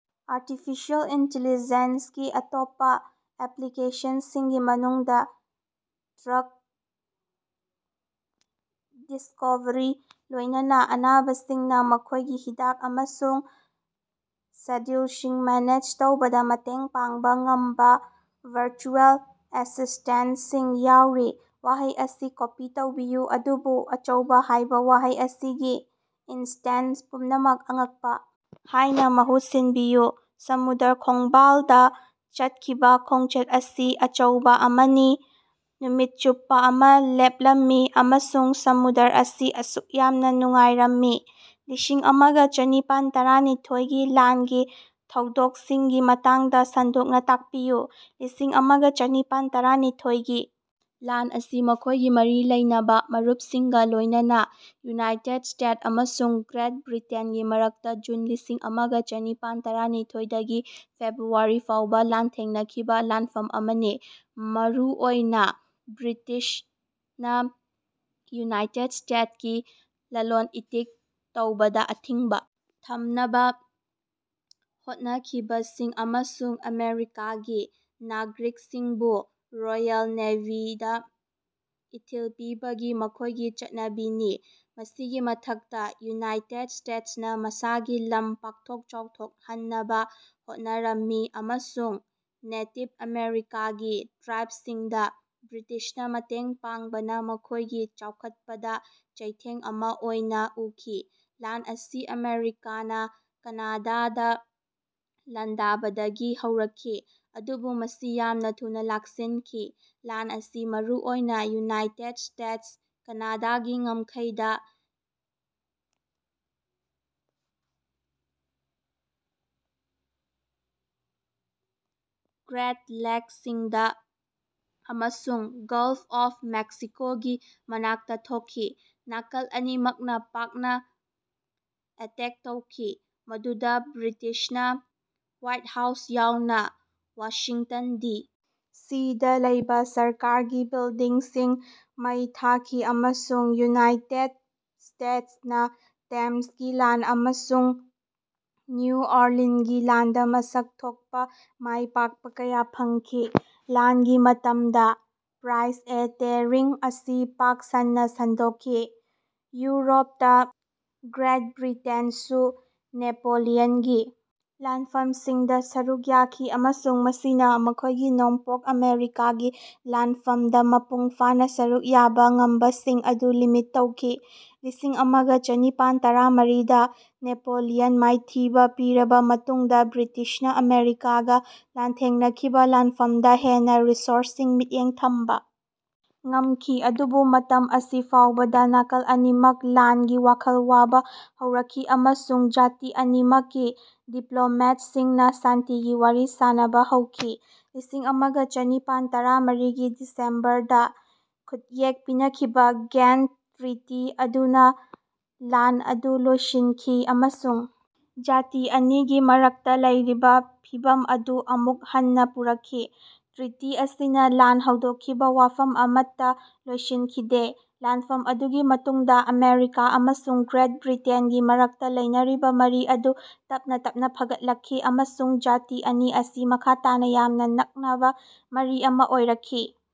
Artificial ꯏꯟꯇꯦꯂꯤꯖꯦꯟꯁꯒꯤ ꯑꯇꯣꯞꯄ ꯑꯦꯄ꯭ꯂꯤꯀꯦꯁꯟꯁꯤꯡꯒꯤ ꯃꯅꯨꯡꯗ drug discovery, ꯂꯣꯏꯅꯅ ꯑꯅꯥꯕꯁꯤꯡꯅ ꯃꯈꯣꯏꯒꯤ ꯍꯤꯗꯥꯛ ꯑꯃꯁꯨꯡ ꯁꯦꯗ꯭ꯌꯨꯜꯁꯤꯡ ꯃꯦꯅꯦꯖ ꯇꯧꯕꯗ ꯃꯇꯦꯡ ꯄꯥꯡꯕ ꯉꯝꯕ ꯚꯔꯆꯨꯑꯦꯜ ꯑꯦꯁꯤꯁꯇꯦꯟꯇꯁꯤꯡ ꯌꯥꯎꯔꯤ꯫ ꯋꯥꯍꯩ ꯑꯁꯤ ꯀꯣꯄꯤ ꯇꯧꯕꯤꯌꯨ ꯑꯗꯨꯕꯨ "ꯑꯆꯧꯕ" ꯍꯥꯏꯕ ꯋꯥꯍꯩ ꯑꯁꯤꯒꯤ ꯏꯟꯁꯇꯦꯟꯁ ꯄꯨꯝꯅꯃꯛ "ꯑꯉꯛꯄ" ꯍꯥꯏꯅ ꯃꯍꯨꯠ ꯁꯤꯟꯕꯤꯌꯨ꯫ ꯁꯃꯨꯗ꯭ꯔ ꯈꯣꯡꯕꯥꯜꯗ ꯆꯠꯈꯤꯕ ꯈꯣꯡꯆꯠ ꯑꯁꯤ ꯑꯆꯧꯕ ꯑꯃꯅꯤ ꯅꯨꯃꯤꯠ ꯆꯨꯞꯄ ꯑꯃ ꯂꯦꯞꯂꯝꯃꯤ ꯑꯃꯁꯨꯡ ꯁꯃꯨꯗ꯭ꯔ ꯑꯁꯤ ꯑꯁꯨꯛ ꯌꯥꯝꯅ ꯅꯨꯡꯉꯥꯏꯔꯝꯃꯤ꯫ ꯂꯤꯁꯤꯡ ꯑꯃꯒ ꯆꯅꯤꯄꯥꯟ ꯇꯔꯥꯅꯤꯊꯣꯏꯒꯤ ꯂꯥꯟꯒꯤ ꯊꯧꯗꯣꯛꯁꯤꯡꯒꯤ ꯃꯇꯥꯡꯗ ꯁꯟꯗꯣꯛꯅ ꯇꯥꯛꯄꯤꯌꯨ꯫ ꯂꯤꯁꯤꯡ ꯑꯃꯒ ꯆꯅꯤꯄꯥꯟ ꯇꯔꯥꯅꯤꯊꯣꯏꯒꯤ ꯂꯥꯟ ꯑꯁꯤ ꯃꯈꯣꯏꯒꯤ ꯃꯔꯤ ꯂꯩꯅꯕ ꯃꯔꯨꯞꯁꯤꯡꯒ ꯂꯣꯏꯅꯅ ꯌꯨꯅꯥꯏꯇꯦꯗ ꯁ꯭ꯇꯦꯇꯁ ꯑꯃꯁꯨꯡ ꯒ꯭ꯔꯦꯠ ꯕ꯭ꯔꯤꯇꯦꯟꯒꯤ ꯃꯔꯛꯇ ꯖꯨꯟ ꯂꯤꯁꯤꯡ ꯑꯃꯒ ꯆꯅꯤꯄꯥꯟ ꯇꯔꯥꯅꯤꯊꯣꯏ ꯗꯒꯤ ꯐꯦꯕ꯭ꯔꯨꯋꯥꯔꯤ ꯐꯥꯎꯕ ꯂꯥꯟꯊꯦꯡꯅꯈꯤꯕ ꯂꯥꯟꯐꯝ ꯑꯃꯅꯤ, ꯃꯔꯨ ꯑꯣꯏꯅ ꯕ꯭ꯔꯤꯇꯤꯁꯅ ꯌꯨꯅꯥꯏꯇꯦꯗ ꯁ꯭ꯇꯦꯇꯁ ꯀꯤ ꯂꯂꯣꯟ-ꯏꯇꯤꯛ ꯇꯧꯕꯗ ꯑꯊꯤꯡꯕ ꯊꯝꯅꯕ ꯍꯣꯠꯅꯈꯤꯕꯁꯤꯡ ꯑꯃꯁꯨꯡ ꯑꯃꯦꯔꯤꯀꯥꯒꯤ ꯅꯥꯒꯔꯤꯛꯁꯤꯡꯕꯨ ꯔꯣꯌꯦꯜ ꯅꯦꯚꯤꯗ ꯏꯊꯤꯜ ꯄꯤꯕꯒꯤ ꯃꯈꯣꯏꯒꯤ ꯆꯠꯅꯕꯤꯅꯤ꯫ ꯃꯁꯤꯒꯤ ꯃꯊꯛꯇ ꯌꯨꯅꯥꯏꯇꯦꯗ ꯁ꯭ꯇꯦꯇꯅ ꯃꯁꯥꯒꯤ ꯂꯝ ꯄꯥꯛꯊꯣꯛ ꯆꯥꯎꯊꯣꯛꯍꯟꯅꯕ ꯍꯣꯠꯅꯔꯝꯃꯤ ꯑꯃꯁꯨꯡ ꯅꯦꯇꯤꯚ ꯑꯃꯦꯔꯤꯀꯥꯒꯤ ꯇ꯭ꯔꯥꯏꯕꯁꯤꯡꯗ ꯕ꯭ꯔꯤꯇꯤꯁꯅ ꯃꯇꯦꯡ ꯄꯥꯡꯕꯅ ꯃꯈꯣꯏꯒꯤ ꯆꯥꯎꯈꯠꯄꯗ ꯆꯩꯊꯦꯡ ꯑꯃ ꯑꯣꯏꯅ ꯎꯈꯤ꯫ ꯂꯥꯟ ꯑꯁꯤ ꯑꯃꯦꯔꯤꯀꯥꯅ ꯀꯅꯥꯗꯥꯗ ꯂꯥꯟꯗꯥꯕꯗꯒꯤ ꯍꯧꯔꯛꯈꯤ, ꯑꯗꯨꯕꯨ ꯃꯁꯤ ꯌꯥꯝꯅ ꯊꯨꯅ ꯂꯥꯛꯁꯤꯟꯈꯤ꯫ ꯂꯥꯟ ꯑꯁꯤ ꯃꯔꯨꯑꯣꯏꯅ ꯌꯨꯅꯥꯏꯇꯦꯗ ꯁ꯭ꯇꯦꯇꯁ -ꯀꯅꯥꯗꯥꯒꯤ ꯉꯝꯈꯩꯗ, ꯒ꯭ꯔꯦꯠ ꯂꯦꯛꯁꯤꯡꯗ ꯑꯃꯁꯨꯡ ꯒꯜꯐ ꯑꯣꯐ ꯃꯦꯛꯁꯤꯀꯣꯒꯤ ꯃꯅꯥꯛꯇ ꯊꯣꯛꯈꯤ꯫ ꯅꯥꯀꯜ ꯑꯅꯤꯃꯛꯅ ꯄꯥꯛꯅ ꯑꯦꯇꯦꯛ ꯇꯧꯈꯤ, ꯃꯗꯨꯗ ꯕ꯭ꯔꯤꯇꯤꯁꯅ ꯋꯥꯏꯠ ꯍꯥꯎꯁ ꯌꯥꯎꯅ ꯋꯥꯁꯤꯡꯇꯟ ꯗꯤ. ꯁꯤ. ꯗꯥ ꯂꯩꯕ ꯁꯔꯀꯥꯔꯒꯤ ꯕꯤꯜꯗꯤꯡꯁꯤꯡ ꯃꯩ ꯊꯥꯈꯤ ꯑꯃꯁꯨꯡ ꯌꯨꯅꯥꯏꯇꯦꯗ ꯁ꯭ꯇꯦꯇꯁ ꯅ ꯇꯦꯝꯁꯀꯤ ꯂꯥꯟ ꯑꯃꯁꯨꯡ ꯅ꯭ꯌꯨ ꯑꯣꯔꯂꯤꯟꯒꯤ ꯂꯥꯟꯗ ꯃꯁꯛ ꯊꯣꯛꯄ ꯃꯥꯏꯄꯥꯛꯄ ꯀꯌꯥ ꯐꯪꯈꯤ꯫ ꯂꯥꯟꯒꯤ ꯃꯇꯝꯗ ꯄ꯭ꯔꯥꯏꯑꯦꯇꯦꯔꯤꯡ ꯑꯁꯤ ꯄꯥꯛ ꯁꯟꯅ ꯁꯟꯗꯣꯛꯈꯤ꯫ ꯌꯨꯔꯣꯞꯇ ꯒ꯭ꯔꯦꯠ ꯕ꯭ꯔꯤꯇꯦꯟꯁꯨ ꯅꯦꯄꯣꯂꯤꯌꯟꯒꯤ ꯂꯥꯟꯐꯝꯁꯤꯡꯗ ꯁꯔꯨꯛ ꯌꯥꯈꯤ, ꯑꯃꯁꯨꯡ ꯃꯁꯤꯅ ꯃꯈꯣꯏꯒꯤ ꯅꯣꯡꯄꯣꯛ ꯑꯃꯦꯔꯤꯀꯥꯒꯤ ꯂꯥꯟꯐꯃꯗ ꯃꯄꯨꯡ ꯐꯥꯅ ꯁꯔꯨꯛ ꯌꯥꯕ ꯉꯝꯕꯁꯤꯡ ꯑꯗꯨ ꯂꯤꯃꯤꯠ ꯇꯧꯈꯤ꯫ ꯂꯤꯁꯤꯡ ꯑꯃꯒ ꯆꯅꯤꯄꯥꯟ ꯇꯔꯥꯃꯔꯤꯗ ꯅꯦꯄꯣꯂꯤꯌꯟ ꯃꯥꯏꯊꯤꯕ ꯄꯤꯔꯕ ꯃꯇꯨꯡꯗ ꯕ꯭ꯔꯤꯇꯤꯁꯅ ꯑꯃꯦꯔꯤꯀꯥꯒ ꯂꯥꯟꯊꯦꯡꯅꯈꯤꯕ ꯂꯥꯟꯐꯃꯗ ꯍꯦꯟꯅ ꯔꯤꯁꯣꯔꯁꯁꯤꯡ ꯃꯤꯠꯌꯦꯡ ꯊꯝꯕ ꯉꯝꯈꯤ꯫ ꯑꯗꯨꯕꯨ ꯃꯇꯝ ꯑꯁꯤ ꯐꯥꯎꯕꯗ ꯅꯥꯀꯜ ꯑꯅꯤꯃꯛ ꯂꯥꯟꯒꯤ ꯋꯥꯈꯜ ꯋꯥꯕ ꯍꯧꯔꯛꯈꯤ ꯑꯃꯁꯨꯡ ꯖꯥꯇꯤ ꯑꯅꯤꯃꯛꯀꯤ ꯗꯤꯄ꯭ꯂꯣꯃꯦꯠꯁꯤꯡꯅ ꯁꯥꯟꯇꯤꯒꯤ ꯋꯥꯔꯤ ꯁꯥꯅꯕ ꯍꯧꯈꯤ꯫ ꯂꯤꯁꯤꯡ ꯑꯃꯒ ꯆꯅꯤꯄꯥꯟ ꯇꯔꯥꯃꯔꯤꯒꯤ ꯗꯤꯁꯦꯝꯕꯔꯗ ꯈꯨꯠꯌꯦꯛ ꯄꯤꯅꯈꯤꯕ ꯒꯦꯟꯇ ꯇ꯭ꯔꯤꯇꯤ ꯑꯗꯨꯅ ꯂꯥꯟ ꯑꯗꯨ ꯂꯣꯏꯁꯤꯟꯈꯤ ꯑꯃꯁꯨꯡ ꯖꯥꯇꯤ ꯑꯅꯤꯒꯤ ꯃꯔꯛꯇ ꯂꯩꯔꯤꯕ ꯐꯤꯚꯝ ꯑꯗꯨ ꯑꯃꯨꯛ ꯍꯟꯅ ꯄꯨꯔꯛꯈꯤ꯫ ꯇ꯭ꯔꯤꯇꯤ ꯑꯁꯤꯅ ꯂꯥꯟ ꯍꯧꯗꯣꯛꯈꯤꯕ ꯋꯥꯐꯝ ꯑꯃꯠꯇ ꯂꯣꯏꯁꯤꯟꯈꯤꯗꯦ꯫ ꯂꯥꯟꯐꯝ ꯑꯗꯨꯒꯤ ꯃꯇꯨꯡꯗ ꯑꯃꯦꯔꯤꯀꯥ ꯑꯃꯁꯨꯡ ꯒ꯭ꯔꯦꯠ ꯕ꯭ꯔꯤꯇꯦꯟꯒꯤ ꯃꯔꯛꯇ ꯂꯩꯅꯔꯤꯕ ꯃꯔꯤ ꯑꯗꯨ ꯇꯞꯅ ꯇꯞꯅ ꯐꯒꯠꯂꯛꯈꯤ, ꯑꯃꯁꯨꯡ ꯖꯥꯇꯤ ꯑꯅꯤ ꯑꯁꯤ ꯃꯈꯥ ꯇꯥꯅ ꯌꯥꯝꯅ ꯅꯛꯅꯕ ꯃꯔꯤ ꯑꯃ ꯑꯣꯏꯔꯛꯈꯤ꯫